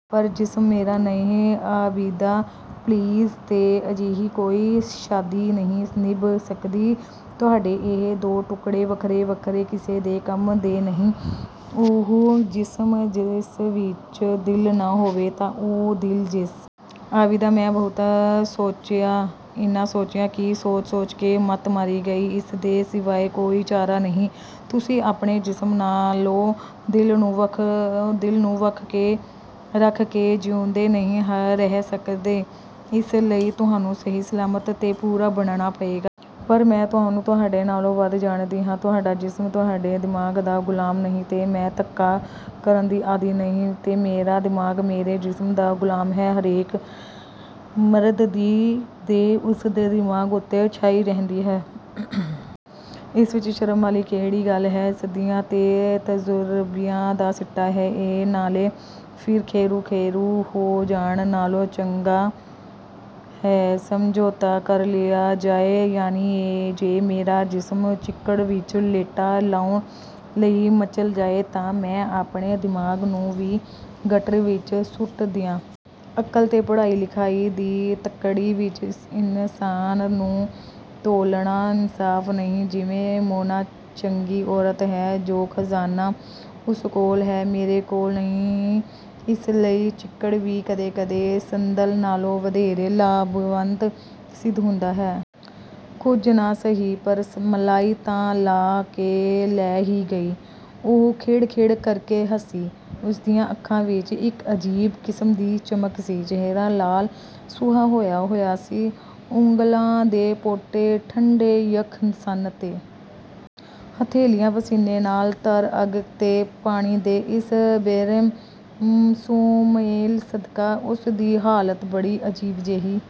"ਪਰ ਜਿਸਮ ਮੇਰਾ ਨਹੀਂ।" "ਆਬਿਦਾ! ਪਲੀਜ਼!" "ਤੇ ਅਜਿਹੀ ਕੋਈ ਸ਼ਾਦੀ ਨਹੀਂ ਨਿਭ ਸਕਦੀ। ਤੁਹਾਡੇ ਇਹ ਦੋ ਟੁੱਕੜੇ, ਵੱਖਰੇ-ਵੱਖਰੇ ਕਿਸੇ ਦੇ ਕੰਮ ਦੇ ਨਹੀਂ, ਉਹ ਜਿਸਮ, ਜਿਸ ਵਿੱਚ ਦਿਲ ਨਾ ਹੋਵੇ ਤੇ ਉਹ ਦਿਲ, ਜਿਸ।" "ਆਬਿਦਾ!" "ਮੈਂ ਬਹੁਤ ਸੋਚਿਆ, ਇੰਨਾ ਸੋਚਿਆ ਕਿ ਸੋਚ-ਸੋਚ ਕੇ ਮੱਤ ਮਾਰੀ ਗਈ। ਇਸ ਦੇ ਸਿਵਾਏ ਕੋਈ ਚਾਰਾ ਨਹੀਂ। ਤੁਸੀਂ ਆਪਣੇ ਜਿਸਮ ਨਾਲੋਂ ਦਿਲ ਨੂੰ ਵੱਖ ਰੱਖ ਕੇ ਜਿਊਂਦੇ ਨਹੀਂ ਰਹਿ ਸਕਦੇ। ਇਸ ਲਈ ਤੁਹਾਨੂੰ ਸਹੀ-ਸਲਾਮਤ ਤੇ ਪੂਰਾ ਬਣਨਾ ਪਏਗਾ।" ਪਰ ਮੈਂ ਤੁਹਾਨੂੰ, ਤੁਹਾਡੇ ਨਾਲੋਂ ਵੱਧ ਜਾਣਦੀ ਹਾਂ। ਤੁਹਾਡਾ ਜਿਸਮ, ਤੁਹਾਡੇ ਦਿਮਾਗ਼ ਦਾ ਗ਼ੁਲਾਮ ਨਹੀਂ, ਤੇ ਮੈਂ ਧੱਕਾ ਕਰਨ ਦੀ ਆਦੀ ਨਹੀਂ।" "ਤੇ ਮੇਰਾ ਦਿਮਾਗ਼ ਮੇਰੇ ਜਿਸਮ ਦਾ ਗ਼ੁਲਾਮ ਹੈ।" "ਹਰੇਕ ਮਰਦ ਦੀ ਦੇਹ, ਉਸਦੇ ਦਿਮਾਗ਼ ਉੱਤੇ ਛਾਈ ਰਹਿੰਦੀ ਹੈ। ਇਸ ਵਿੱਚ ਸ਼ਰਮ ਵਾਲੀ ਕਿਹੜੀ ਗੱਲ ਹੈ? ਸਦੀਆਂ ਦੇ ਤਜ਼ੁਰਬਿਆਂ ਦਾ ਸਿੱਟਾ ਹੈ ਇਹ, ਨਾਲੇ ਫਿਰ ਖੇਰੂ-ਖੇਰੂ ਹੋ ਜਾਣ ਨਾਲੋਂ ਚੰਗਾ ਹੈ, ਸਮਝੌਤਾ ਕਰ ਲਿਆ ਜਾਏ।" "ਯਾਨੀ ਜੇ ਮੇਰਾ ਜਿਸਮ ਚਿੱਕੜ ਵਿੱਚ ਲੇਟਾ ਲਾਉਣ ਲਈ ਮਚਲ ਜਾਏ ਤਾਂ ਮੈਂ ਆਪਣੇ ਦਿਮਾਗ਼ ਨੂੰ ਵੀ ਗਟਰ ਵਿੱਚ ਸੁੱਟ ਦਿਆਂ।" "ਅਕਲ ਤੇ ਪੜ੍ਹਾਈ-ਲਿਖਾਈ ਦੀ ਤੱਕੜੀ ਵਿੱਚ ਇਨਸਾਨ ਨੂੰ ਤੋਲਨਾ ਇਨਸਾਫ਼ ਨਹੀਂ ਜਿਵੇਂ ਮੋਨਾ ਚੰਗੀ ਔਰਤ ਹੈ ਜੋ ਖਜ਼ਾਨਾ ਉਸ ਕੋਲ ਹੈ, ਮੇਰੇ ਕੋਲ ਨਹੀਂ। ਇਸ ਲਈ ਚਿੱਕੜ ਵੀ ਕਦੇ-ਕਦੇ ਸੰਦਲ ਨਾਲੋਂ ਵਧੇਰੇ ਲਾਭਵੰਤ ਸਿੱਧ ਹੁੰਦਾ ਹੈ।" "ਕੁਝ ਨਾ ਸਹੀ, ਪਰ ਮਲਾਈ ਤਾਂ ਲਾਹ ਕੇ ਲੈ ਹੀ ਗਈ।" ਉਹ ਖਿੜ-ਖਿੜ ਕਰਕੇ ਹੱਸੀ। ਉਸਦੀਆਂ ਅੱਖਾਂ ਵਿੱਚ ਇੱਕ ਅਜੀਬ ਕਿਸਮ ਦੀ ਚਮਕ ਸੀ। ਚਿਹਰਾ ਲਾਲ-ਸੂਹਾ ਹੋਇਆ-ਹੋਇਆ ਸੀ। ਉਂਗਲਾਂ ਦੇ ਪੋਟੇ ਠੰਡੇ-ਯੱਖ ਸਨ ਤੇ ਹਥੇਲੀਆਂ ਪਸੀਨੇ ਨਾਲ ਤਰ ਅੱਗ ਤੇ ਪਾਣੀ ਦੇ ਇਸ ਬੇਰਹਿਮ ਸੁਮੇਲ ਸਦਕਾ ਉਸਦੀ ਹਾਲਤ ਬੜੀ ਅਜੀਬ ਜਿਹੀ